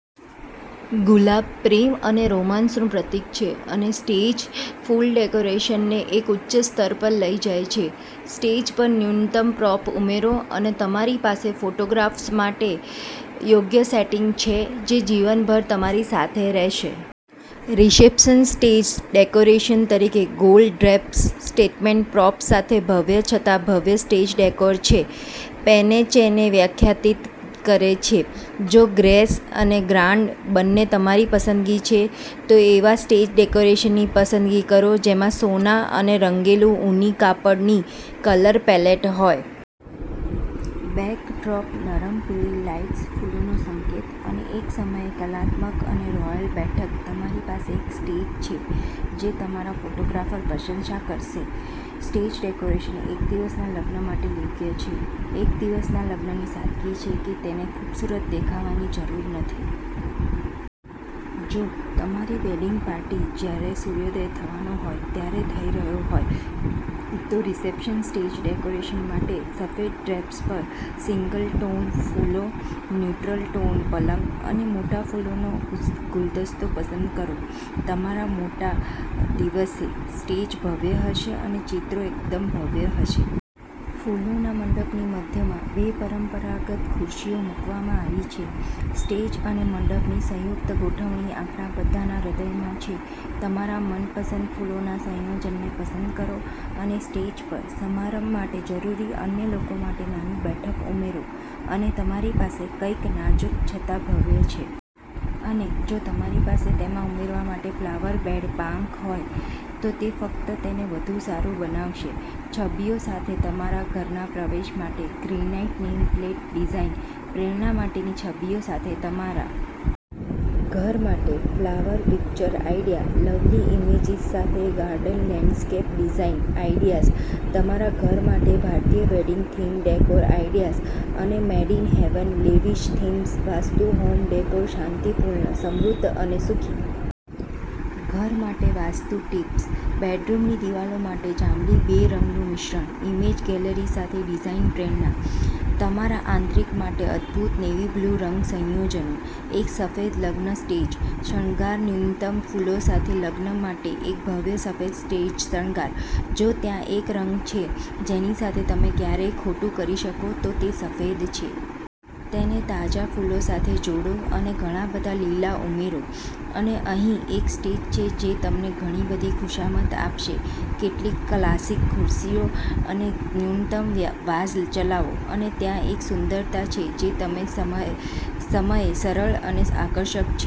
ગુલાબ પ્રેમ અને રોમાંસનું પ્રતીક છે અને સ્ટેજ ફૂલ ડેકોરેશનને એક ઉચ્ચ સ્તર પર લઈ જાય છે. સ્ટેજ પર ન્યૂનતમ પ્રોપ ઉમેરો અને તમારી પાસે ફોટોગ્રાફ્સ માટે યોગ્ય સેટિંગ છે જે જીવનભર તમારી સાથે રહેશે. રિસેપ્શન સ્ટેજ ડેકોરેશન તરીકે ગોલ્ડ ડ્રેપ્સ સ્ટેટમેન્ટ પ્રોપ્સ સાથે ભવ્ય છતાં ભવ્ય સ્ટેજ ડેકોર જે પેનેચેને વ્યાખ્યાયિત કરે છે. જો ગ્રેસ અને ગ્રાન્ડ બંને તમારી પસંદગી છે, તો એવા સ્ટેજ ડેકોરેશનની પસંદગી કરો જેમાં સોના અનેરંગેલું ઊની કાપડની કલર પેલેટ હોય. બેકડ્રોપમાં નરમ પીળી લાઇટ્સ, ફૂલોનો સંકેત, અને એક સમયે કલાત્મક અને રોયલ બેઠક તમારી પાસે એક સ્ટેજ છે જે તમારા ફોટોગ્રાફર પ્રશંસા કરશે. સ્ટેજ ડેકોરેશન એક દિવસના લગ્ન માટે યોગ્ય છે. એક દિવસના લગ્નની સાદગી છે કે તેને ખૂબસૂરત દેખાવાની જરૂર નથી. જો તમારી વેડિંગ પાર્ટી જ્યારે સૂર્યોદય થવાનો હોય ત્યારે થઈ રહ્યો હોય, તો રિસેપ્શન સ્ટેજ ડેકોરેશન માટે સફેદ ડ્રેપ્સ પર સિંગલ ટોન્ડ ફૂલો, ન્યુટ્રલ ટોન્ડ પલંગ અને મોટા ફૂલોના ગુલદસ્તો પસંદ કરો. તમારા મોટા દિવસે સ્ટેજ ભવ્ય હશે અને ચિત્રો એકદમ ભવ્ય હશે. ફૂલોના મંડપની મધ્યમાં બે પરંપરાગત ખુરશીઓ મૂકવામાં આવી છે. સ્ટેજ અને મંડપની સંયુક્ત ગોઠવણી આપણા બધાના હૃદયમાં છે. તમારા મનપસંદ ફૂલોના સંયોજનને પસંદ કરો અને સ્ટેજ પર સમારંભ માટે જરૂરી અન્ય લોકો માટે નાની બેઠક ઉમેરો અને તમારી પાસે કંઈક નાજુક છતાં ભવ્ય છે. અને, જો તમારી પાસે તેમાં ઉમેરવા માટે ફ્લાવર બેડ પાંખ હોય, તો તે ફક્ત તેને વધુ સારું બનાવશે. છબીઓ સાથે તમારા ઘરના પ્રવેશ માટે ગ્રેનાઈટ નેમ પ્લેટ ડિઝાઇન, પ્રેરણા માટેની છબીઓ સાથે તમારા ઘર માટે flower picture idea, lovely images સાથે ગાર્ડન લેન્ડસ્કેપ ડીઝાઈન આઈડિયાઝ, તમારા ઘર માટે ભારતીય વેડિંગ થીમ ડેકોર આઈડિયાઝ અને made in heaven lavish themes, vastu home decor શાંતિપૂર્ણ, સમૃદ્ધ અને સુખી ઘર માટે વાસ્તુ ટિપ્સ, બેડરૂમની દિવાલો માટે જાંબલી બે રંગનું મિશ્રણ, ઇમેજ ગેલેરી સાથે ડિઝાઇન પ્રેરણા, તમારા આંતરિક માટે અદભૂત નેવી બ્લુ રંગ સંયોજનો, એક સફેદ લગ્ન સ્ટેજ શણગાર ન્યૂનતમ ફૂલો સાથે લગ્ન માટે એક ભવ્ય સફેદ સ્ટેજ શણગાર જો ત્યાં એક રંગ છે જેની સાથે તમે ક્યારેય ખોટુંકરી શકો, તો તે સફેદ છે. તેને તાજા ફૂલો સાથે જોડો અને ઘણાં બધાં લીલા ઉમેરો અને અહીં એક સ્ટેજ છે જે તમને ઘણી બધી ખુશામત આપશે. કેટલીક ક્લાસિક ખુરશીઓ અને ન્યૂનતમ વાઝ ચલાવો અને ત્યાં એક સુંદરતા છે જે તેસમયે સરળ અને આકર્ષક છે.